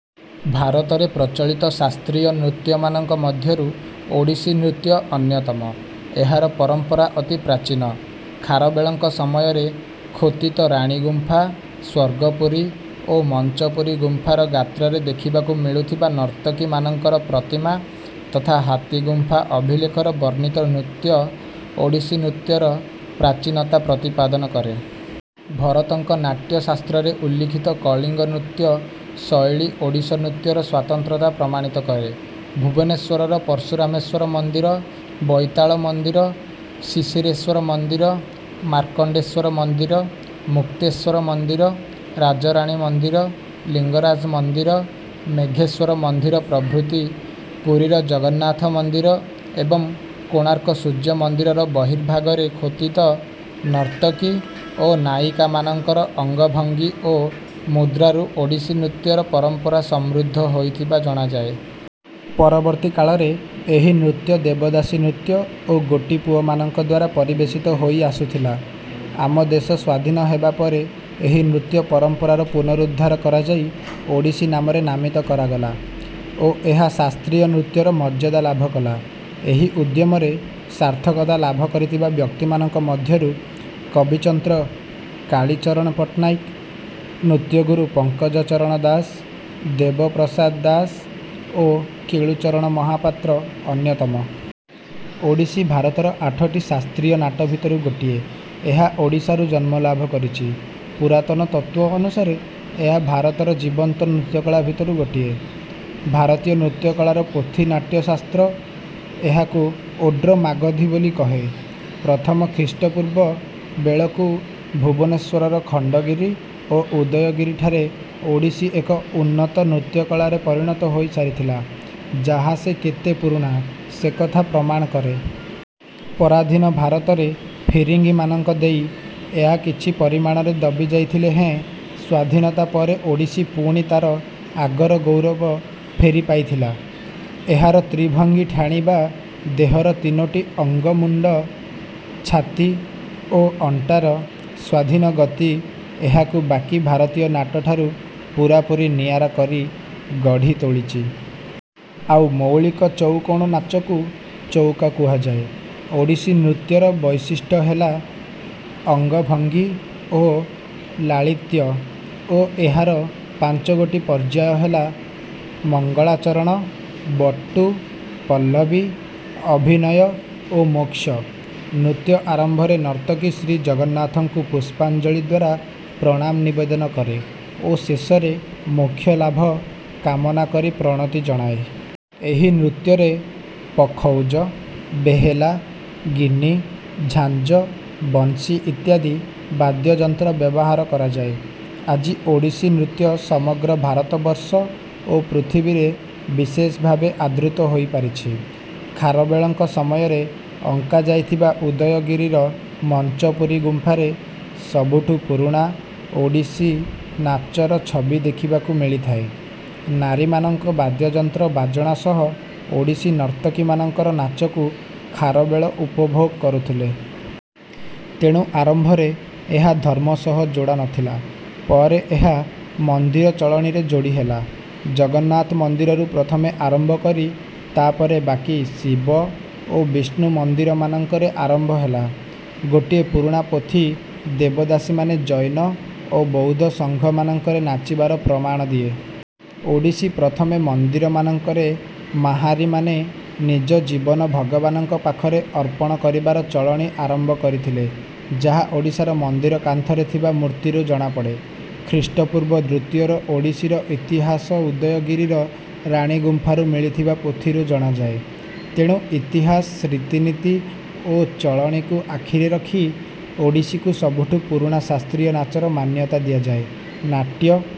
ଭାରତରେ ପ୍ରଚଳିତ ଶାସ୍ତ୍ରୀୟ ନୃତ୍ୟମାନଙ୍କ ମଧ୍ୟରୁ ଓଡ଼ିଶୀ ନୃତ୍ୟ ଅନ୍ୟତମ। ଏହାର ପରମ୍ପରା ଅତି ପ୍ରାଚୀନ। ଖାରବେଳଙ୍କ ସମୟରେ ଖୋତିତ ରାଣୀଗୁମ୍ଫା, ସ୍ୱର୍ଗପୁରୀ ଓ ମଞ୍ଚପୁରୀ ଗୁମ୍ଫାର ଗାତ୍ରରେ ଦେଖିବାକୁ ମିଳୁଥିବା ନର୍ତ୍ତକୀମାନଙ୍କର ପ୍ରତିମା ତଥା ହାତୀଗୁମ୍ଫା ଅଭିଲେଖରେ ବର୍ଣ୍ଣିତ ନୃତ୍ୟ ଓଡ଼ିଶୀନୃତ୍ୟର ପ୍ରାଚୀନତା ପ୍ରତିପାଦନ କରେ। ଭରତଙ୍କ ନାଟ୍ୟଶାସ୍ତ୍ରରେ ଉଲ୍ଲିଖିତ କଳିଙ୍ଗ ନୃତ୍ୟ ଶୈଳୀ ଓଡ଼ିଶୀ ନୃତ୍ୟର ସ୍ୱାତନ୍ତ୍ରତା ପ୍ରମାଣିତ କରେ। ଭୁବନେଶ୍ୱରର ପର୍ଶୁରାମେଶ୍ୱର ମନ୍ଦିର, ବୈତାଳ ମନ୍ଦିର, ଶିଶିରେଶ୍ୱର ମନ୍ଦିର, ମାର୍କଣ୍ଡେଶ୍ୱର ମନ୍ଦିର, ମୁକ୍ତେଶ୍ୱର ମନ୍ଦିର, ରାଜରାଣୀ ମନ୍ଦିର, ଲିଙ୍ଗରାଜ ମନ୍ଦିର, ମେଘେଶ୍ୱର ମନ୍ଦିର ପ୍ରଭୃତି, ପୁରୀର ଜଗନ୍ନାଥ ମନ୍ଦିର ଏବଂ କୋଣାର୍କ ସୂର୍ଯ୍ୟମନ୍ଦିରର ବର୍ହିଭାଗରେ ଖୋଦିତ ନର୍ତ୍ତକୀ ଓ ନାୟିକାମାନଙ୍କର ଅଙ୍ଗଭଙ୍ଗୀ ଓ ମୁଦ୍ରାରୁ ଓଡ଼ିଶୀ ନୃତ୍ୟର ପରମ୍ପରା ସମୃଦ୍ଧ ହୋଇଥିବା ଜଣାଯାଏ। ପରବର୍ତ୍ତୀ କାଳରେ ଏହି ନୃତ୍ୟ ଦେବଦାସୀ ନୃତ୍ୟ ଓ ଗୋଟିପୁଅମାନଙ୍କଦ୍ୱାରା ପରିବେଷିତ ହୋଇ ଆସୁଥିଲା। ଆମଦେଶ ସ୍ୱାଧୀନ ହେବା ପରେ ଏହି ନୃତ୍ୟ ପରମ୍ପରାର ପୁନରୁଦ୍ଧାର କରାଯାଇ ଓଡ଼ିଶୀ ନାମରେ ନାମିତ କରାଗଲା ଓ ଏହା ଶାସ୍ତ୍ରୀୟ ନୃତ୍ୟର ମର୍ଯ୍ୟାଦା ଲାଭ କଲା। ଏହି ଉଦ୍ୟମରେ ସାର୍ଥକତା ଲାଭକରିଥିବା ବ୍ୟକ୍ତିମାନକ ମଧ୍ୟରୁ କବିଚନ୍ଦ୍ର କାଳୀଚରଣ ପଟ୍ଟନାୟକ, ନୃତ୍ୟଗୁରୁ ପଙ୍କଜଚରଣ ଦାସ, ଦେବପ୍ରସାଦ ଦାସ ଓ କେଳୁଚରଣ ମହାପାତ୍ର ଅନ୍ୟତମ। ଓଡ଼ିଶୀ ଭାରତର ଆଠଟି ଶାସ୍ତ୍ରୀୟ ନାଟ ଭିତରୁ ଗୋଟିଏ। ଏହା ଓଡ଼ିଶାରୁ ଜନ୍ମ ଲାଭ କରିଛି। ପୁରାତନ ତତ୍ୱ ଅନୁସାରେ ଏହା ଭାରତର ଜୀବନ୍ତ ନୃତ୍ୟକଳା ଭିତରୁ ଗୋଟିଏ। ଭାରତୀୟ ନୃତ୍ୟକଳାର ପୋଥି ନାଟ୍ୟ ଶାସ୍ତ୍ର ଏହାକୁ ଓଡ୍ର ମାଗଧି ବୋଲି କହେ। ପ୍ରଥମ ଖ୍ରୀଷ୍ଟପୂର୍ବ ବେଳକୁ ଭୁବନେଶ୍ୱରର ଖଣ୍ଡଗିରି ଓ ଉଦୟଗିରିଠାରେ ଓଡ଼ିଶୀ ଏକ ଉନ୍ନତ ନୃତ୍ୟକଳାରେ ପରିଣତ ହୋଇସାରିଥିଲା ଯାହା ସେ କେତେ ପୁରୁଣା ସେକଥା ପ୍ରମାଣ କରେ। ପରାଧୀନ ଭାରତରେ ଫିରିଙ୍ଗିମାନଙ୍କ ଦେଇ ଏହା କିଛି ପରିମାଣରେ ଦବିଯାଇଥିଲେ ହେଁ ସ୍ୱାଧୀନତା ପରେ ଓଡ଼ିଶୀ ପୁଣି ତାର ଆଗର ଗୌରବ ଫେରିପାଇଥିଲା। ଏହାର ତ୍ରିଭଙ୍ଗୀ ଠାଣି ବା ଦେହର ତିନୋଟି ଅଙ୍ଗ ମୁଣ୍ଡ, ଛାତି ଓ ଅଣ୍ଟାର ସ୍ୱାଧୀନ ଗତି ଏହାକୁ ବାକି ଭାରତୀୟ ନାଟ ଠାରୁ ପୁରାପୁରି ନିଆରା କରି ଗଢ଼ିତୋଳିଛି। ଆଉ ମୌଳିକ ଚଉକୋଣ ନାଚକୁ ଚଉକା କୁହାଯାଏ। ଓଡ଼ିଶୀନୃତ୍ୟର ବୈଶିଷ୍ଟ ହେଲା ଅଙ୍ଗଭଙ୍ଗୀ ଓ ଲାଳିତ୍ୟ ଓ ଏହାର ପାଞ୍ଚଗୋଟି ପର୍ଯ୍ୟାୟ ହେଲା: ମଙ୍ଗଳାଚରଣ, ବଟୁ, ପଲ୍ଲବୀ, ଅଭିନୟ ଓ ମୋକ୍ଷ। ନୃତ୍ୟ ଆରମ୍ଭରେ ନର୍ତ୍ତକୀ ଶ୍ରୀଜଗନ୍ନାଥଙ୍କୁ ପୁଷ୍ପାଞ୍ଜଳୀଦ୍ୱାରା ପ୍ରଣାମ ନିବେଦନ କରେ ଓ ଶେଷରେ ମୋକ୍ଷ ଲାଭ କାମନା କରି ପ୍ରଣତି ଜଣାଏ। ଏହି ନୃତ୍ୟରେ ପଖଉଜ, ବେହେଲା, ଗିନି, ଝାଞ୍ଜ, ବଂଶୀ ଇତ୍ୟାଦି ବାଦ୍ୟଯନ୍ତ୍ର ବ୍ୟବହାର କରାଯାଏ। ଆଜି ଓଡ଼ିଶୀ ନୃତ୍ୟ ସମଗ୍ର ଭାରତ ବର୍ଷ ଓ ପୃଥିବୀରେ ବିଶେଷଭାବେ ଆଦୃତ ହୋଇପାରିଛି। ଖାରବେଳଙ୍କ ସମୟରେ ଅଙ୍କାଯାଇଥିବା ଉଦୟଗିରିର ମଞ୍ଚପୁରି ଗୁମ୍ଫାରେ ସବୁଠୁ ପୁରୁଣା ଓଡ଼ିଶୀ ନାଚର ଛବି ଦେଖିବାକୁ ମିଳିଥାଏ। ନାରୀମାନଙ୍କ ବାଦ୍ୟଯନ୍ତ୍ର ବାଜଣା ସହ ଓଡ଼ିଶୀ ନର୍ତ୍ତକୀମାନଙ୍କର ନାଚକୁ ଖାରବେଳ ଉପଭୋଗ କରୁଥିଲେ। ତେଣୁ ଆରମ୍ଭରେ ଏହା ଧର୍ମ ସହ ଯୋଡ଼ା ନଥିଲା, ପରେ ଏହା ମନ୍ଦିର ଚଳଣିରେ ଯୋଡ଼ିହେଲା। ଜଗନ୍ନାଥ ମନ୍ଦିରରୁ ପ୍ରଥମେ ଆରମ୍ଭ କରି ତା ପରେ ବାକି ଶିବ ଓ ବିଷ୍ନୁ ମନ୍ଦିରମାନଙ୍କରେ ଆରମ୍ଭ ହେଲା। ଗୋଟିଏ ପୁରୁଣା ପୋଥି ଦେବଦାସୀମାନେ ଜୈନ ଓ ବୌଦ୍ଧ ସଙ୍ଘମାନଙ୍କରେ ନାଚିବାର ପ୍ରମାଣ ଦିଏ। ଓଡ଼ିଶୀ, ପ୍ରଥମେ ମନ୍ଦିରମାନଙ୍କରେ ମାହାରି ମାନେ ନିଜ ଜୀବନ ଭଗବାନଙ୍କ ପାଖରେ ଅର୍ପଣ କରିବାର ଚଳଣି ଆରମ୍ଭ କରିଥିଲେ ଯାହା ଓଡ଼ିଶାର ମନ୍ଦିର କାନ୍ଥରେ ଥିବା ମୂର୍ତ୍ତୀରୁ ଜଣାପଡ଼େ। ଖ୍ରୀଷ୍ଟପୂର୍ବ ଦ୍ୱିତୀୟର ଓଡ଼ିଶୀର ଇତିହାସ ଉଦୟଗିରିର ରାଣୀଗୁମ୍ଫାରୁ ମିଳିଥିବା ପୋଥିରୁ ଜଣାଯାଏ। ତେଣୁ ଇତିହାସ, ରିତିନୀତି ଓ ଚଳଣିକୁ ଆଖିରେ ରଖି ଓଡ଼ିଶୀକୁ ସବୁଠୁ ପୁରୁଣା ଶାସ୍ତ୍ରୀୟ ନାଚର ମାନ୍ୟତା ଦିଆଯାଏ। ନାଟ୍ୟ